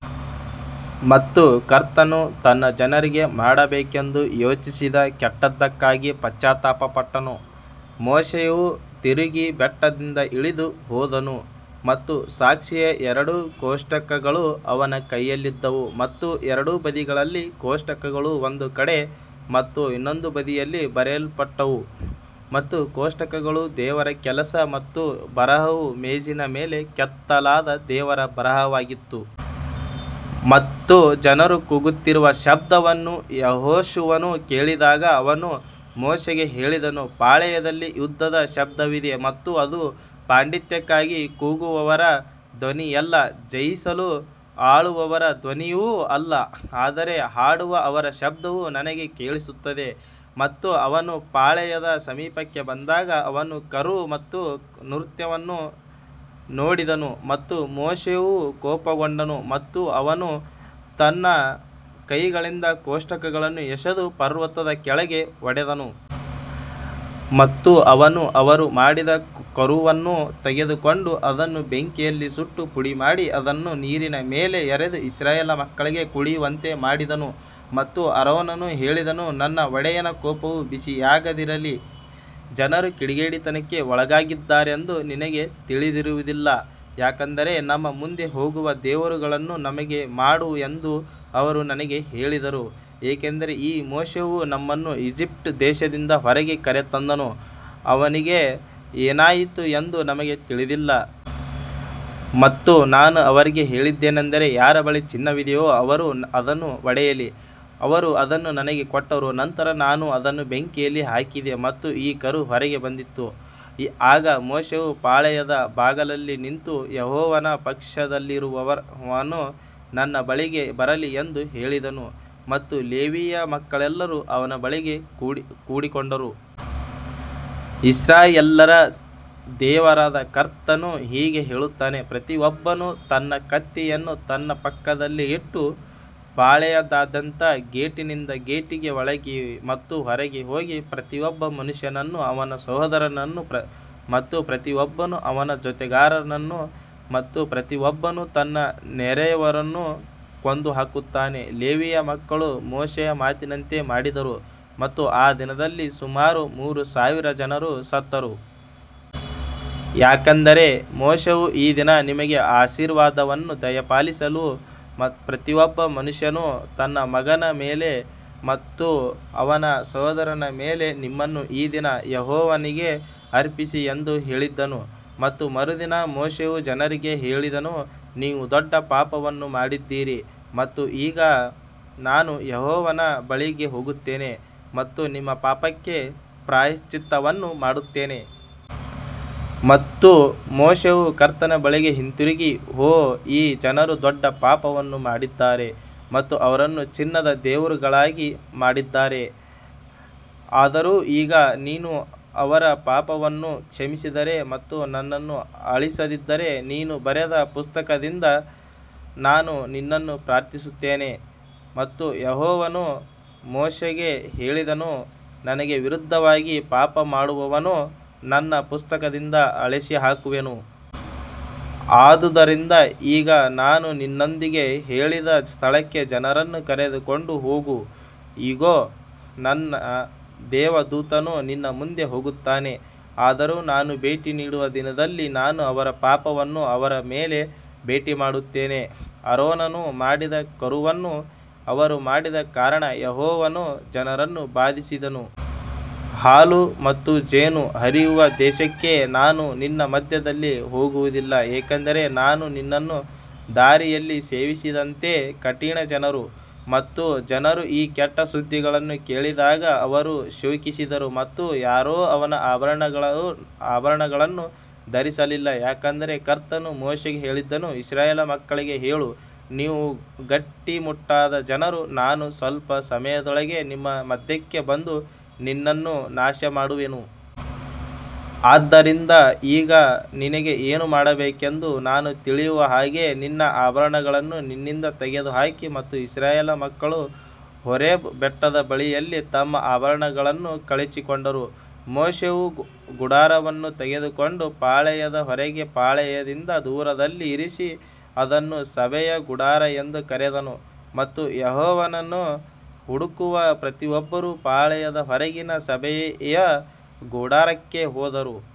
ಮತ್ತು ಕರ್ತನು ತನ್ನ ಜನರಿಗೆ ಮಾಡಬೇಕೆಂದು ಯೋಚಿಸಿದ ಕೆಟ್ಟದ್ದಕ್ಕಾಗಿ ಪಶ್ಚಾತ್ತಾಪಪಟ್ಟನು. ಮೋಶೆಯು ತಿರುಗಿ ಬೆಟ್ಟದಿಂದ ಇಳಿದು ಹೋದನು ಮತ್ತು ಸಾಕ್ಷಿಯ ಎರಡು ಕೋಷ್ಟಕಗಳು ಅವನ ಕೈಯಲ್ಲಿದ್ದವು ಮತ್ತು ಎರಡು ಬದಿಗಳಲ್ಲಿ ಕೋಷ್ಟಕಗಳು ಒಂದು ಕಡೆ ಮತ್ತು ಇನ್ನೊಂದು ಬದಿಯಲ್ಲಿ ಬರೆಯಲ್ಪಟ್ಟವು. ಮತ್ತು ಕೋಷ್ಟಕಗಳು ದೇವರ ಕೆಲಸ ಮತ್ತು ಬರಹವು ಮೇಜಿನ ಮೇಲೆ ಕೆತ್ತಲಾದ ದೇವರ ಬರಹವಾಗಿತ್ತು. ಮತ್ತು ಜನರು ಕೂಗುತ್ತಿರುವ ಶಬ್ದವನ್ನು ಯೆಹೋಶುವನು ಕೇಳಿದಾಗ ಅವನು ಮೋಶೆಗೆ ಹೇಳಿದನು ಪಾಳೆಯದಲ್ಲಿ ಯುದ್ಧದ ಶಬ್ದವಿದೆ. ಮತ್ತು ಅದು ಪಾಂಡಿತ್ಯಕ್ಕಾಗಿ ಕೂಗುವವರ ಧ್ವನಿಯಲ್ಲ ಜಯಿಸಲು ಅಳುವವರ ಧ್ವನಿಯೂ ಅಲ್ಲ ಆದರೆ ಹಾಡುವ ಅವರ ಶಬ್ದವು ನನಗೆ ಕೇಳಿಸುತ್ತದೆ. ಮತ್ತು ಅವನು ಪಾಳೆಯದ ಸಮೀಪಕ್ಕೆ ಬಂದಾಗ ಅವನು ಕರು ಮತ್ತು ನೃತ್ಯವನ್ನು ನೋಡಿದನು ಮತ್ತು ಮೋಶೆಯು ಕೋಪಗೊಂಡನು ಮತ್ತು ಅವನು ತನ್ನ ಕೈಗಳಿಂದ ಕೋಷ್ಟಕಗಳನ್ನು ಎಸೆದು ಪರ್ವತದ ಕೆಳಗೆ ಒಡೆದನು. ಮತ್ತು ಅವನು ಅವರು ಮಾಡಿದ ಕರುವನ್ನು ತೆಗೆದುಕೊಂಡು ಅದನ್ನು ಬೆಂಕಿಯಲ್ಲಿ ಸುಟ್ಟು ಪುಡಿಮಾಡಿ ಅದನ್ನು ನೀರಿನ ಮೇಲೆ ಎರೆದು ಇಸ್ರಾಯೇಲ್ ಮಕ್ಕಳಿಗೆ ಕುಡಿಯುವಂತೆ ಮಾಡಿದನು. ಮತ್ತು ಆರೋನನು ಹೇಳಿದನು ನನ್ನ ಒಡೆಯನ ಕೋಪವು ಬಿಸಿಯಾಗದಿರಲಿ ಜನರು ಕಿಡಿಗೇಡಿತನಕ್ಕೆ ಒಳಗಾಗಿದ್ದಾರೆಂದು ನಿನಗೆ ತಿಳಿದಿರುವುದಿಲ್ಲ. ಯಾಕಂದರೆ ನಮ್ಮ ಮುಂದೆ ಹೋಗುವ ದೇವರುಗಳನ್ನು ನಮಗೆ ಮಾಡು ಎಂದು ಅವರು ನನಗೆ ಹೇಳಿದರು ಏಕೆಂದರೆ ಈ ಮೋಶೆಯು ನಮ್ಮನ್ನು ಈಜಿಪ್ಟ್ ದೇಶದಿಂದ ಹೊರಗೆ ಕರೆತಂದನು ಅವನಿಗೆ ಏನಾಯಿತು ಎಂದು ನಮಗೆ ತಿಳಿದಿಲ್ಲ. ಮತ್ತು ನಾನು ಅವರಿಗೆ ಹೇಳಿದ್ದೇನೆಂದರೆ ಯಾರ ಬಳಿ ಚಿನ್ನವಿದೆಯೋ ಅವರು ಅದನ್ನು ಒಡೆಯಲಿ. ಅವರು ಅದನ್ನು ನನಗೆ ಕೊಟ್ಟರು ನಂತರ ನಾನು ಅದನ್ನು ಬೆಂಕಿಯಲ್ಲಿ ಹಾಕಿದೆ ಮತ್ತು ಈ ಕರು ಹೊರಗೆ ಬಂದಿತು. ಆಗ ಮೋಶೆಯು ಪಾಳೆಯದ ಬಾಗಲಲ್ಲಿ ನಿಂತು ಯೆಹೋವನ ಪಕ್ಷದಲ್ಲಿರುವವನು ನನ್ನ ಬಳಿಗೆ ಬರಲಿ ಎಂದು ಹೇಳಿದನು ಮತ್ತು ಲೇವಿಯ ಮಕ್ಕಳೆಲ್ಲರೂ ಅವನ ಬಳಿಗೆ ಕೂಡಿಕೊಂಡರು. ಇಸ್ರಾಯೇಲ್ಯರ ದೇವರಾದ ಕರ್ತನು ಹೀಗೆ ಹೇಳುತ್ತಾನೆ ಪ್ರತಿಯೊಬ್ಬನು ತನ್ನ ಕತ್ತಿಯನ್ನು ತನ್ನ ಪಕ್ಕದಲ್ಲಿ ಇಟ್ಟು ಪಾಳೆಯದಾದ್ಯಂತ ಗೇಟಿನಿಂದ ಗೇಟಿಗೆ ಒಳಗೆ ಮತ್ತು ಹೊರಗೆ ಹೋಗಿ ಪ್ರತಿಯೊಬ್ಬ ಮನುಷ್ಯನನ್ನು ಅವನ ಸಹೋದರನನ್ನು ಮತ್ತು ಪ್ರತಿಯೊಬ್ಬನು ಅವನ ಜೊತೆಗಾರನನ್ನು ಮತ್ತು ಪ್ರತಿಯೊಬ್ಬನು ತನ್ನ ನೆರೆಯವರನ್ನು ಕೊಂದುಹಾಕುತ್ತಾನೆ. ಲೇವಿಯ ಮಕ್ಕಳು ಮೋಶೆಯ ಮಾತಿನಂತೆ ಮಾಡಿದರು ಮತ್ತು ಆ ದಿನದಲ್ಲಿ ಸುಮಾರು ಮೂರು ಸಾವಿರ ಜನರು ಸತ್ತರು. ಯಾಕಂದರೆ ಮೋಶೆಯು ಈ ದಿನ ನಿಮಗೆ ಆಶೀರ್ವಾದವನ್ನು ದಯಪಾಲಿಸಲು ಪ್ರತಿಯೊಬ್ಬ ಮನುಷ್ಯನು ತನ್ನ ಮಗನ ಮೇಲೆ ಮತ್ತು ಅವನ ಸಹೋದರನ ಮೇಲೆ ನಿಮ್ಮನ್ನು ಈ ದಿನ ಯೆಹೋವನಿಗೆ ಅರ್ಪಿಸಿ ಎಂದು ಹೇಳಿದ್ದನು. ಮತ್ತು ಮರುದಿನ ಮೋಶೆಯು ಜನರಿಗೆ ಹೇಳಿದನು ನೀವು ದೊಡ್ಡ ಪಾಪವನ್ನು ಮಾಡಿದ್ದೀರಿ ಮತ್ತು ಈಗ ನಾನು ಯೆಹೋವನ ಬಳಿಗೆ ಹೋಗುತ್ತೇನೆ ಮತ್ತು ನಿಮ್ಮ ಪಾಪಕ್ಕೆ ಪ್ರಾಯಶ್ಚಿತ್ತವನ್ನು ಮಾಡುತ್ತೇನೆ. ಮತ್ತು ಮೋಶೆಯು ಕರ್ತನ ಬಳಿಗೆ ಹಿಂತಿರುಗಿ ಓಹ್ ಈ ಜನರು ದೊಡ್ಡ ಪಾಪವನ್ನು ಮಾಡಿದ್ದಾರೆ ಮತ್ತು ಅವರನ್ನು ಚಿನ್ನದ ದೇವರುಗಳಾಗಿ ಮಾಡಿದ್ದಾರೆ. ಆದರೂ ಈಗ ನೀನು ಅವರ ಪಾಪವನ್ನು ಕ್ಷಮಿಸಿದರೆ ಮತ್ತು ನನ್ನನ್ನು ಅಳಿಸದಿದ್ದರೆ ನೀನು ಬರೆದ ಪುಸ್ತಕದಿಂದ ನಾನು ನಿನ್ನನ್ನು ಪ್ರಾರ್ಥಿಸುತ್ತೇನೆ. ಮತ್ತು ಯೆಹೋವನು ಮೋಶೆಗೆ ಹೇಳಿದನು ನನಗೆ ವಿರುದ್ಧವಾಗಿ ಪಾಪಮಾಡುವವನು ನನ್ನ ಪುಸ್ತಕದಿಂದ ಅಳಿಸಿಹಾಕುವೆನು. ಆದುದರಿಂದ ಈಗ ನಾನು ನಿನ್ನೊಂದಿಗೆ ಹೇಳಿದ ಸ್ಥಳಕ್ಕೆ ಜನರನ್ನು ಕರೆದುಕೊಂಡು ಹೋಗು. ಇಗೋ ನನ್ನ ದೇವದೂತನು ನಿನ್ನ ಮುಂದೆ ಹೋಗುತ್ತಾನೆ ಆದರೂ ನಾನು ಭೇಟಿ ನೀಡುವ ದಿನದಲ್ಲಿ ನಾನು ಅವರ ಪಾಪವನ್ನು ಅವರ ಮೇಲೆ ಭೇಟಿ ಮಾಡುತ್ತೇನೆ. ಆರೋನನು ಮಾಡಿದ ಕರುವನ್ನು ಅವರು ಮಾಡಿದ ಕಾರಣ ಯೆಹೋವನು ಜನರನ್ನು ಬಾಧಿಸಿದನು. ಹಾಲು ಮತ್ತು ಜೇನು ಹರಿಯುವ ದೇಶಕ್ಕೆ ನಾನು ನಿನ್ನ ಮಧ್ಯದಲ್ಲಿ ಹೋಗುವುದಿಲ್ಲ ಏಕೆಂದರೆ ನಾನು ನಿನ್ನನ್ನು ದಾರಿಯಲ್ಲಿ ಸೇವಿಸದಂತೆ ಕಠಿಣ ಜನರು. ಮತ್ತು ಜನರು ಈ ಕೆಟ್ಟ ಸುದ್ದಿಗಳನ್ನು ಕೇಳಿದಾಗ ಅವರು ಶೋಕಿಸಿದರು ಮತ್ತು ಯಾರೂ ಅವನ ಆಭರಣಗಳನ್ನು ಧರಿಸಲಿಲ್ಲ. ಯಾಕಂದರೆ ಕರ್ತನು ಮೋಶೆಗೆ ಹೇಳಿದ್ದನು ಇಸ್ರಾಯೇಲ್ ಮಕ್ಕಳಿಗೆ ಹೇಳು ನೀವು ಗಟ್ಟಿಮುಟ್ಟಾದ ಜನರು ನಾನು ಸ್ವಲ್ಪ ಸಮಯದೊಳಗೆ ನಿಮ್ಮ ಮಧ್ಯಕ್ಕೆ ಬಂದು ನಿನ್ನನ್ನು ನಾಶಮಾಡುವೆನು. ಆದ್ದರಿಂದ ಈಗ ನಿನಗೆ ಏನು ಮಾಡಬೇಕೆಂದು ನಾನು ತಿಳಿಯುವ ಹಾಗೆ ನಿನ್ನ ಆಭರಣಗಳನ್ನು ನಿನ್ನಿಂದ ತೆಗೆದುಹಾಕಿ. ಮತ್ತು ಇಸ್ರಾಯೇಲ್ ಮಕ್ಕಳು ಹೋರೇಬ್ ಬೆಟ್ಟದ ಬಳಿಯಲ್ಲಿ ತಮ್ಮ ಆಭರಣಗಳನ್ನು ಕಳಚಿಕೊಂಡರು. ಮೋಶೆಯು ಗುಡಾರವನ್ನು ತೆಗೆದುಕೊಂಡು ಪಾಳೆಯದ ಹೊರಗೆ ಪಾಳೆಯದಿಂದ ದೂರದಲ್ಲಿ ಇರಿಸಿ ಅದನ್ನು ಸಭೆಯ ಗುಡಾರ ಎಂದು ಕರೆದನು ಮತ್ತು ಯೆಹೋವನನ್ನು ಹುಡುಕುವ ಪ್ರತಿಯೊಬ್ಬರೂ ಪಾಳೆಯದ ಹೊರಗಿನ ಸಭೆಯ ಗುಡಾರಕ್ಕೆ ಹೋದರು.